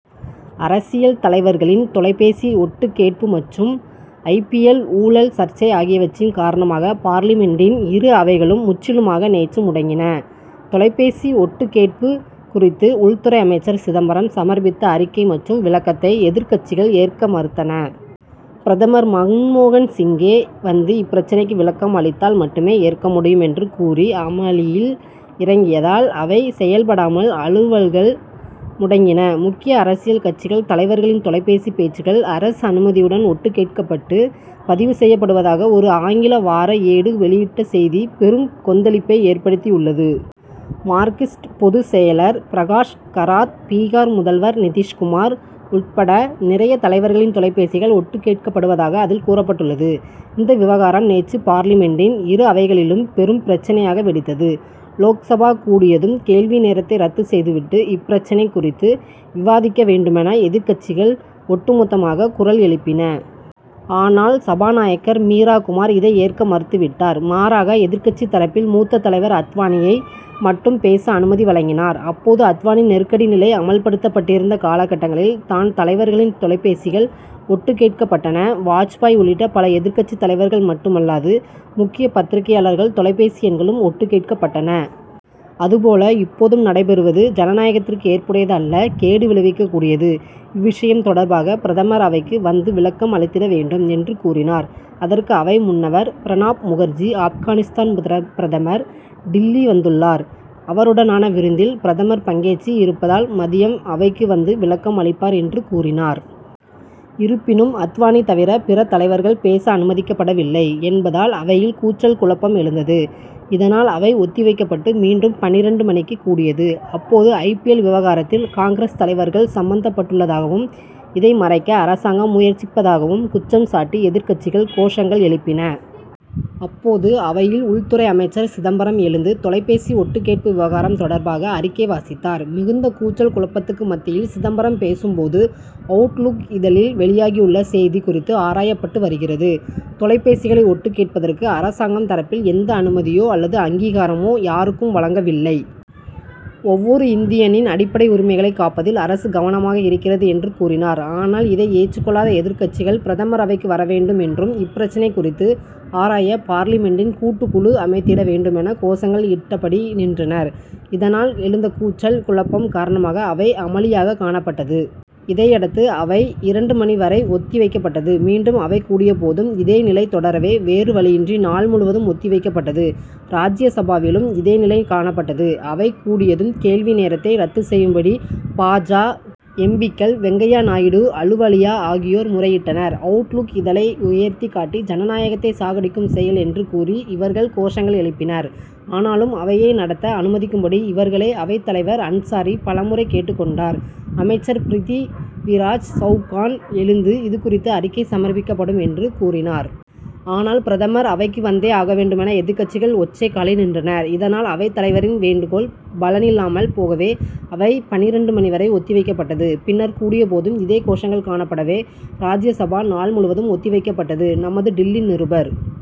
அரசியல் தலைவர்களின் தொலைபேசி ஒட்டுக் கேட்பு மற்றும் ஐ. பி. எல். ஊழல் சர்ச்சை ஆகியவற்றின் காரணமாக பார்லிமென்டின் இரு அவைகளும் முற்றிலுமாக நேற்று முடங்கின. தொலைபேசி ஒட்டுக் கேட்பு குறித்து உள்துறை அமைச்சர் சிதம்பரம் சமர்ப்பித்த அறிக்கை மற்றும் விளக்கத்தை எதிர்க்கட்சிகள் ஏற்க மறுத்தன. பிரதமர் மன்மோகன் சிங்கே வந்து இப்பிரச்னைக்கு விளக்கம் அளித்தால் மட்டுமே ஏற்க முடியும் என்று கூறி அமளியில் இறங்கியதால் அவை செயல்படாமல் அலுவல்கள் முடங்கின. முக்கிய அரசியல் கட்சிகள் தலைவர்களின் தொலைபேசி பேச்சுகள் அரசு அனுமதியுடன் ஒட்டுக் கேட்கப்பட்டு பதிவு செய்யப்படுவதாக ஒரு ஆங்கில வார ஏடு வெளியிட்ட செய்தி பெரும் கொந்தளிப்பை ஏற்படுத்தியுள்ளது. மார்க்சிஸ்ட் பொதுச் செயலர் பிரகாஷ் கராத் பீகார் முதல்வர் நிதிஷ்குமார் உட்பட நிறைய தலைவர்களின் தொலைபேசிகள் ஒட்டுக் கேட்கப்படுவதாக அதில் கூறப்பட்டுள்ளது. இந்த விவகாரம் நேற்று பார்லிமென்டின் இரு அவைகளிலும் பெரும் பிரச்னையாக வெடித்தது. லோக்சபா கூடியதும் கேள்வி நேரத்தை ரத்து செய்துவிட்டு இப்பிரச்னை குறித்து விவாதிக்க வேண்டுமென எதிர்க்கட்சிகள் ஒட்டு மொத்தமாக குரல் எழுப்பின. ஆனால் சபாநாயகர் மீரா குமார் இதை ஏற்க மறுத்துவிட்டார். மாறாக எதிர்க்கட்சி தரப்பில் மூத்த தலைவர் அத்வானியை மட்டும் பேச அனுமதி வழங்கினார். அப்போது அத்வானி நெருக்கடி நிலை அமல்படுத்தப்பட்டிருந்த காலகட்டங்களில் தான் தலைவர்களின் தொலைபேசிகள் ஒட்டுக் கேட்கப்பட்டன. வாஜ்பாய் உள்ளிட்ட பல எதிர்க்கட்சித் தலைவர்கள் மட்டுமல்லாது முக்கிய பத்திரிகையாளர்கள் தொலைபேசி எண்களும் ஒட்டுக் கேட்கப்பட்டன. அதுபோல இப்போதும் நடைபெறுவது ஜனநாயகத்திற்கு ஏற்புடையது அல்ல கேடு விளைவிக்கக் கூடியது. இவ்விஷயம் தொடர்பாக பிரதமர் அவைக்கு வந்து விளக்கம் அளித்திட வேண்டும் என்று கூறினார். அதற்கு அவை முன்னவர் பிரணாப் முகர்ஜி ஆப்கானிஸ்தான் ப்ரத் பிரதமர் டில்லி வந்துள்ளார். அவருடனான விருந்தில் பிரதமர் பங்கேற்று இருப்பதால் மதியம் அவைக்கு வந்து விளக்கம் அளிப்பார் என்று கூறினார். இருப்பினும் அத்வானி தவிர பிற தலைவர்கள் பேச அனுமதிக்கப்படவில்லை என்பதால் அவையில் கூச்சல் குழப்பம் எழுந்தது. இதனால் அவை ஒத்தி வைக்கப்பட்டு மீண்டும் பன்னிரண்டு மணிக்கு கூடியது. அப்போது ஐ. பி. எல். விவகாரத்தில் காங்கிரஸ் தலைவர்கள் சம்பந்தப்பட்டுள்ளதாகவும் இதை மறைக்க அரசாங்கம் முயற்சிப்பதாகவும் குற்றம் சாட்டி எதிர்க்கட்சிகள் கோஷங்கள் எழுப்பின. அப்போது அவையில் உள்துறை அமைச்சர் சிதம்பரம் எழுந்து தொலைபேசி ஒட்டுக் கேட்பு விவகாரம் தொடர்பாக அறிக்கை வாசித்தார். மிகுந்த கூச்சல் குழப்பத்துக்கு மத்தியில் சிதம்பரம் பேசும் போது அவுட் லுக் இதழில் வெளியாகியுள்ள செய்தி குறித்து ஆராயப்பட்டு வருகிறது. தொலைபேசிகளை ஒட்டுக் கேட்பதற்கு அரசாங்கம் தரப்பில் எந்த அனுமதியோ அல்லது அங்கீகாரமோ யாருக்கும் வழங்கவில்லை. ஒவ்வொரு இந்தியனின் அடிப்படை உரிமைகளை காப்பதில் அரசு கவனமாக இருக்கிறது என்று கூறினார். ஆனால் இதை ஏற்றுக்கொள்ளாத எதிர்க்கட்சிகள் பிரதமர் அவைக்கு வர வேண்டும் என்றும் இப்பிரச்னை குறித்து ஆராய பார்லிமென்டில் கூட்டுக் குழு அமைத்திட வேண்டுமென கோஷங்கள் இட்டபடி நின்றனர். இதனால் எழுந்த கூச்சல் குழப்பம் காரணமாக அவை அமளியாகக் காணப்பட்டது. இதையடுத்து அவை இரண்டு மணி வரை ஒத்தி வைக்கப்பட்டது. மீண்டும் அவை கூடிய போதும் இதே நிலை தொடரவே வேறு வழியின்றி நாள் முழுவதும் ஒத்தி வைக்கப்பட்டது. ராஜ்ய சபாவிலும் இதே நிலை காணப்பட்டது. அவை கூடியதும் கேள்வி நேரத்தை ரத்து செய்யும்படி பா. ஜ. எம். பி.க்கள் வெங்கையா நாயுடு அலுவாலியா ஆகியோர் முறையிட்டனர். அவுட் லுக் இதழை உயர்த்திக் காட்டி ஜனநாயகத்தை சாகடிக்கும் செயல் என்று கூறி இவர்கள் கோஷங்கள் எழுப்பினர். ஆனாலும் அவையை நடத்த அனுமதிக்கும்படி இவர்களை அவைத் தலைவர் அன்சாரி பலமுறை கேட்டுக் கொண்டார். அமைச்சர் பிருதிவிராஜ் சவுகான் எழுந்து இது குறித்து அறிக்கை சமர்பிக்கப்படும் என்று கூறினார். ஆனால் பிரதமர் அவைக்கு வந்தே ஆக வேண்டுமென எதிர்க்கட்சிகள் ஒற்றைக் காலில் நின்றன. இதனால் அவைத் தலைவரின் வேண்டுகோள் பலனில்லாமல் போகவே அவை பன்னிரண்டு மணி வரை ஒத்தி வைக்கப்பட்டது. பின்னர் கூடியபோதும் இதே கோஷங்கள் காணப்படவே ராஜ்ய சபா நாள் முழுவதும் ஒத்தி வைக்கப்பட்டது. நமது டில்லி நிருபர் -